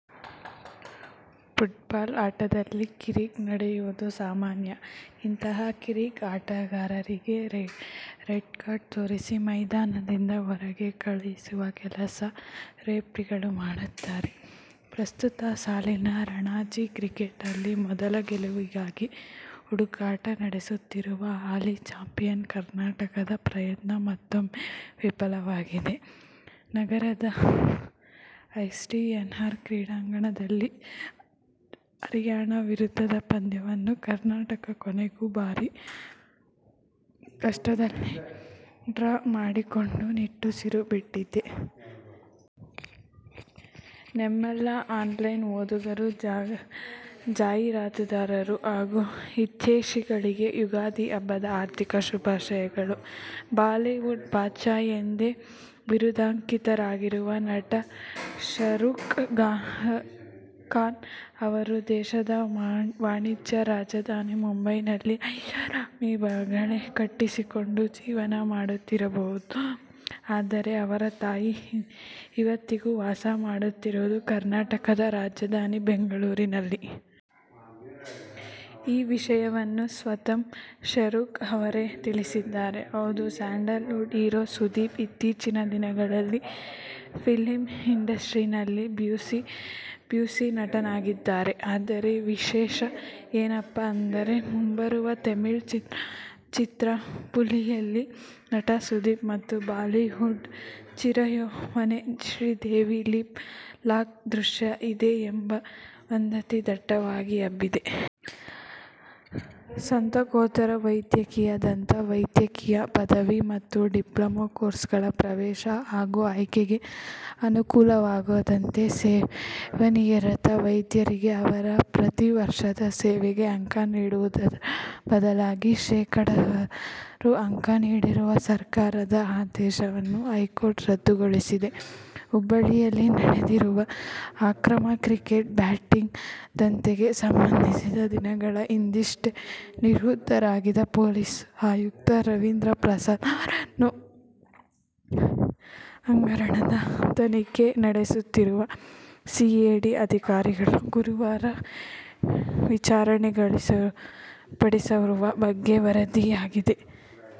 Football ಆಟದಲ್ಲಿ ಕಿರಿಕ್ ನಡೆಯುವುದು ಸಾಮಾನ್ಯ. ಇಂತಹ ಕಿರಿಕ್ ಆಟಗಾರರಿಗೆ ರೆಡ್ ಕಾರ್ಡ್ ತೋರಿಸಿ ಮೈದಾನದಿಂದ ಹೊರಗೆ ಕಳುಹಿಸುವ ಕೆಲಸ ರೆಫ್ರಿಗಳು ಮಾಡುತ್ತಾರೆ. ಪ್ರಸ್ತುತ ಸಾಲಿನ ರಣಜಿ ಕ್ರಿಕೆಟ್ನಲ್ಲಿ ಮೊದಲ ಗೆಲುವಿಗಾಗಿ ಹುಡುಕಾಟ ನಡೆಸುತ್ತಿರುವ ಹಾಲಿ ಚಾಂಪಿಯನ್ ಕರ್ನಾಟಕದ ಪ್ರಯತ್ನ ಮತ್ತೂಮ್ಮೆ ವಿಫಲವಾಗಿದೆ. ನಗರದ ಎಸ್ಡಿಎನ್ಆರ್ ಕ್ರೀಡಾಂಗಣದಲ್ಲಿ ಹರಿಯಾಣ ವಿರುದ್ಧದ ಪಂದ್ಯವನ್ನು ಕರ್ನಾಟಕ ಕೊನೆಗೂ ಬಾರೀ ಕಷ್ಟದಲ್ಲಿ ಡ್ರಾ ಮಾಡಿಕೊಂಡು ನಿಟ್ಟುಸಿರು ಬಿಟ್ಟಿದೆ. ನಮ್ಮೆಲ್ಲಾ ಆನ್ಲೈನ್ ಓದುಗರು, ಜಾಹೀರಾತುದಾರರು ಹಾಗೂ ಹಿತೈಷಿಗಳಿಗೆ ಯುಗಾದಿ ಹಬ್ಬದ ಹಾರ್ದಿಕ ಶುಭಾಶಯಗಳು. ಬಾಲಿವುಡ್ನ ಬಾದ್ ಶಾ ಎಂದೇ ಬಿರುದಾಂಕಿತರಾಗಿರುವ ನಟ ಶಾರುಖ್ ಖಾನ್ ಅವರು ದೇಶದ ವಾಣಿಜ್ಯ ರಾಜಧಾನಿ ಮುಂಬೈನಲ್ಲಿ ಐಷಾರಾಮಿ ಬಂಗಲೆ ಕಟ್ಟಿಸಿಕೊಂಡು ಜೀವನ ಮಾಡುತ್ತಿರಬಹುದು. ಆದರೆ ಅವರ ತಾಯಿ ಇವತ್ತಿಗೂ ವಾಸ ಮಾಡುತ್ತಿರುವುದು ಕರ್ನಾಟಕದ ರಾಜಧಾನಿ ಬೆಂಗಳೂರಿನಲ್ಲಿ! ಈ ವಿಷಯವನ್ನು ಸ್ವತಃ ಶಾರುಖ್ ಅವರೇ ತಿಳಿಸಿದ್ದಾರೆ. ಹೌದು ಸ್ಯಾಂಡಲ್ ವುಡ್ ಹೀರೋ ಸುದೀಪ್ ಇತ್ತೀಚೆಗಿನ ದಿನಗಳಲ್ಲಿ ಫಿಲ್ಮ್ ಇಂಡಸ್ಟ್ರೀಸ್ ನಲ್ಲಿ ಬ್ಯುಸಿ ನಟನಾಗಿದ್ದಾರೆ. ಆದರೆ ವಿಷಯ ಏನಪ್ಪಾ ಅಂದರೆ ಮುಂಬರುವ ತಮಿಳು ಚಿತ್ರ ಪುಲಿಯಲ್ಲಿ ನಟ ಸುದೀಪ್ ಮತ್ತು ಬಾಲಿವುಡ್ ಚಿರಯೌವನೆ ಶ್ರೀದೇವಿ ಲಿಪ್ ಲಾಕ್ ದೃಶ್ಯ ಇದೆ ಎಂಬ ವದಂತಿ ದಟ್ಟವಾಗಿ ಹಬ್ಬಿದೆ. ಸ್ನಾತಕೋತ್ತರ ವೈದ್ಯಕೀಯ, ದಂತ ವೈದ್ಯಕೀಯ ಪದವಿ ಮತ್ತು ಡಿಪ್ಲೊಮಾ ಕೋರ್ಸ್ಗಳ ಪ್ರವೇಶ ಹಾಗೂ ಆಯ್ಕೆಗೆ ಅನುಕೂಲವಾಗುವಂತೆ ಸೇವಾನಿರತ ವೈದ್ಯರಿಗೆ ಅವರ ಪ್ರತಿ ವರ್ಷದ ಸೇವೆಗೆ ಅಂಕ ನೀಡುವುದರ ಬದಲಾಗಿ ಶೇಕಡಾವಾರು ಅಂಕ ನೀಡುವ ಸರ್ಕಾರದ ಆದೇಶವನ್ನು ಹೈಕೋರ್ಟ್ ರದ್ದುಗೊಳಿಸಿದೆ. ಹುಬ್ಬಳ್ಳಿಯಲ್ಲಿ ನಡೆದಿರುವ ಅಕ್ರಮ ಕ್ರಿಕೆಟ್ ಬೆಟ್ಟಿಂಗ್ ದಂಧೆಗೆ ಸಂಬಂಧಿಸಿ ದಿನಗಳ ಹಿಂದಷ್ಟೆ ನಿವೃತ್ತರಾಗಿದ್ದ ಪೊಲೀಸ್ ಆಯುಕ್ತ ರವೀಂದ್ರ ಪ್ರಸಾದ್ ಅವರನ್ನು ಹಗರಣದ ತನಿಖೆ ನಡೆಸುತ್ತಿರುವ ಸಿಐಡಿ ಅಧಿಕಾರಿಗಳು ಗುರುವಾರ ವಿಚಾರಣೆಗೊಳಪಡಿಸಿರುವ ಬಗ್ಗೆ ವರದಿಯಾಗಿದೆ.